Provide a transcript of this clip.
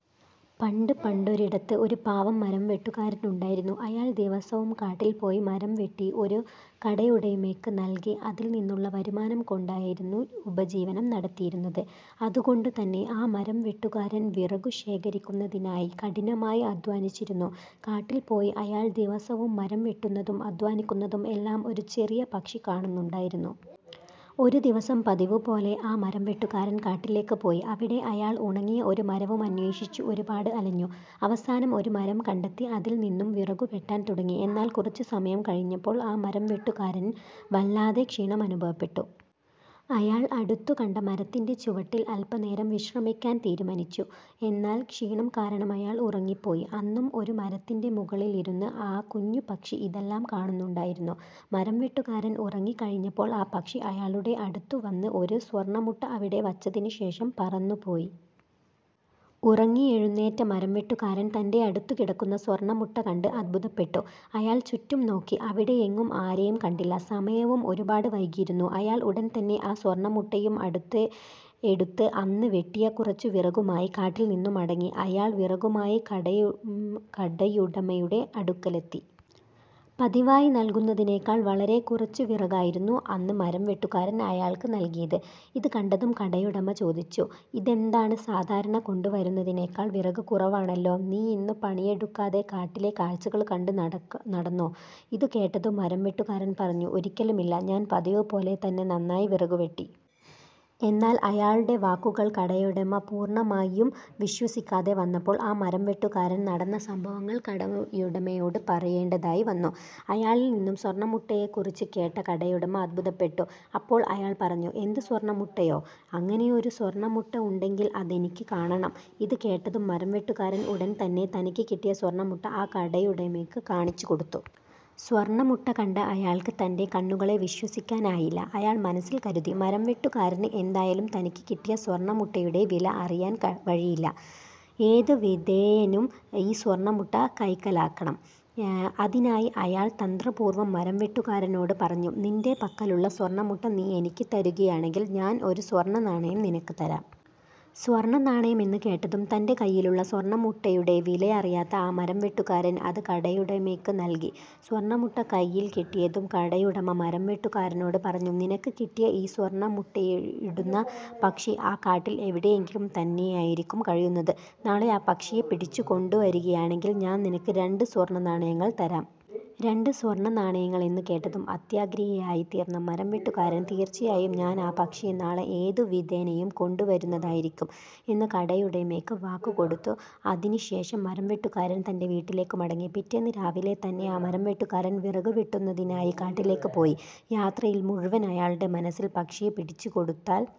പണ്ടു പണ്ടൊരിടത്ത് ഒരു പാവം മരംവെട്ടുകാരൻ ഉണ്ടായിരുന്നു. അയാൾ ദിവസവും കാട്ടിൽ പോയി മരം വെട്ടി ഒരു കടയുടമയ്ക്ക് നൽകി അതിൽ നിന്നുള്ള വരുമാനം കൊണ്ടായിരുന്നു ഉപജീവനം നടത്തിയിരുന്നത്. അതുകൊണ്ടു തന്നെ ആ മരംവെട്ടുകാരൻ വിറകു ശേഖരിക്കുന്നതിനായി കഠിനമായി അധ്വാനിച്ചിരുന്നു. കാട്ടിൽ പോയി അയാൾ ദിവസവും മരം വെട്ടുന്നതും അധ്വാനിക്കുന്നതും എല്ലാം ഒരു ചെറിയ പക്ഷി കാണുന്നുണ്ടായിരുന്നു. ഒരു ദിവസം പതിവു പോലെ ആ മരംവെട്ടുകാരൻ കാട്ടിലേക്ക് പോയി. അവിടെ അയാൾ ഉണങ്ങിയ ഒരു മരവും അന്വേഷിച്ചു ഒരുപാട് അലഞ്ഞു. അവസാനം ഒരു മരം കണ്ടെത്തി അതിൽ നിന്നും വിറകു വെട്ടാൻ തുടങ്ങി. എന്നാൽ കുറച്ചു സമയം കഴിഞ്ഞപ്പോൾ ആ മരംവെട്ടുകാരന് വല്ലാത്ത ക്ഷീണം അനുഭവപ്പെട്ടു. അയാൾ അടുത്തു കണ്ട മരത്തിന്റെ ചുവട്ടിൽ അല്പനേരം വിശ്രമിക്കാൻ തീരുമാനിച്ചു. എന്നാൽ ക്ഷീണം കാരണം അയാൾ ഉറങ്ങിപോയി. അന്നും ഒരു മരത്തിന്റെ മുകളിലിരുന്ന് ആ കുഞ്ഞു പക്ഷി ഇതെല്ലാം കാണുന്നുണ്ടായിരുന്നു. മരംവെട്ടുകാരൻ ഉറങ്ങി കഴിഞ്ഞപ്പോൾ ആ പക്ഷി അയാളുടെ അടുത്തു വന്ന് ഒരു സ്വർണമുട്ട അവിടെ വച്ചതിനു ശേഷം പറന്നു പോയി. ഉറങ്ങിയെഴുന്നേറ്റ മരംവെട്ടുകാരൻ തന്റെ അടുത്ത് കിടക്കുന്ന സ്വർണമുട്ട കണ്ട് അത്ഭുതപ്പെട്ടു. അയാൾ ചുറ്റും നോക്കി. അവിടെയെങ്ങും ആരെയും കണ്ടില്ല. സമയവും ഒരുപാട് വൈകിയിരുന്നു. അയാൾ ഉടൻതന്നെ ആ സ്വർണമുട്ടയും എടുത്ത് അന്ന് വെട്ടിയ കുറച്ചു വിറകുമായി കാട്ടിൽ നിന്നു മടങ്ങി. അയാൾ വിറകുമായി കടയുടമയുടെ അടുക്കലെത്തി. പതിവായി നൽകുന്നതിനേക്കാൾ വളരെ കുറച്ചു വിറകായിരുന്നു അന്ന് മരംവെട്ടുകാരൻ അയാൾക്ക് നൽകിയത്. ഇതു കണ്ടതും കടയുടമ ചോദിച്ചു "ഇതെന്താണ് സാധാരണ കൊണ്ടു വരുന്നതിനെക്കാൾ വിറക് കുറവാണല്ലോ? നീയിന്നു പണിയെടുക്കാതെ കാട്ടിലെ കാഴ്ചകളും കണ്ട് നടന്നോ? " ഇതു കേട്ടതും മരംവെട്ടുകാരൻ പറഞ്ഞു "ഒരിക്കലുമില്ല. ഞാൻ പതിവു പോലെ തന്നെ നന്നായി വിറകു വെട്ടി. " എന്നാൽ അയാളുടെ വാക്കുകൾ കടയുടമ പൂർണമായും വിശ്വസിക്കാതെ വന്നപ്പോൾ ആ മരംവെട്ടുകാരന് നടന്ന സംഭവങ്ങൾ കടയുടമയോട് പറയേണ്ടതായി വന്നു. അയാളിൽ നിന്നും സ്വർണമുട്ടയെ കുറിച്ചു കേട്ട കടയുടമ അത്ഭുതപെട്ടു. അപ്പോൾ അയാൾ പറഞ്ഞു "എന്ത് സ്വർണമുട്ടയോ? അങ്ങനെയൊരു സ്വർണമുട്ട ഉണ്ടെങ്കിൽ അതെനിക്ക് കാണണം. " ഇത് കേട്ടതും മരംവെട്ടുകാരൻ ഉടൻതന്നെ തനിക്ക് കിട്ടിയ സ്വർണമുട്ട ആ കടയുടമയ്ക്ക് കാണിച്ചു കൊടുത്തു. സ്വർണമുട്ട കണ്ട അയാൾക്ക് തന്റെ കണ്ണുകളെ വിശ്വസിക്കാനായില്ല. അയാൾ മനസ്സിൽ കരുതി "മരംവെട്ടുകാരന് എന്തായാലും തനിക്ക് കിട്ടിയ സ്വർണമുട്ടയുടെ വില അറിയാൻ വഴിയില്ല. ഏതു വിധേനയും ഈ സ്വർണമുട്ട കൈക്കലാക്കണം. " അതിനായി അയാൾ തന്ത്രപൂർവം മരംവെട്ടുകാരനോട് പറഞ്ഞു. "നിന്റെ പക്കലുള്ള സ്വർണമുട്ട നീ എനിക്ക് തരികയാണെങ്കിൽ ഞാൻ ഒരു സ്വർണനാണയം നിനക്ക് തരാം. " സ്വർണനാണയം എന്നു കേട്ടതും തന്റെ കൈയിലുള്ള സ്വർണമുട്ടയുടെ വിലയറിയാത്ത ആ മരംവെട്ടുകാരൻ അത് കടയുടമയ്ക്ക് നൽകി. സ്വർണമുട്ട കൈയിൽ കിട്ടിയതും കടയുടമ മരംവെട്ടുകാരനോട് പറഞ്ഞു. "നിനക്ക് കിട്ടിയ ഈ സ്വർണമുട്ടയിടുന്ന പക്ഷി ആ കാട്ടിൽ എവിടെയെങ്കിലും തന്നെയായിരിക്കും കഴിയുന്നത്. നാളെ ആ പക്ഷിയെ പിടിച്ചു കൊണ്ടു വരികയാണെങ്കിൽ ഞാൻ നിനക്ക് രണ്ടു സ്വർണനാണയങ്ങൾ തരാം. " രണ്ടു സ്വർണനാണയങ്ങൾ എന്നു കേട്ടതും അത്യാഗ്രഹിയായി തീർന്ന മരംവെട്ടുകാരൻ "തീർച്ചയായും ഞാൻ ആ പക്ഷിയെ നാളെ ഏതു വിധേനയും കൊണ്ടു വരുന്നതായിരിക്കും. " എന്ന് കടയുടമയ്ക്ക് വാക്കു കൊടുത്തു. അതിനു ശേഷം മരംവെട്ടുകാരൻ തന്റെ വീട്ടിലേക്ക് മടങ്ങി. പിറ്റേന്ന് രാവിലെ തന്നെ ആ മരംവെട്ടുകാരൻ വിറക് വെട്ടുന്നതിനായി കാട്ടിലേക്ക് പോയി. യാത്രയിൽ മുഴുവൻ അയാളുടെ മനസ്സിൽ പക്ഷിയെ പിടിച്ചു കൊടുത്താൽ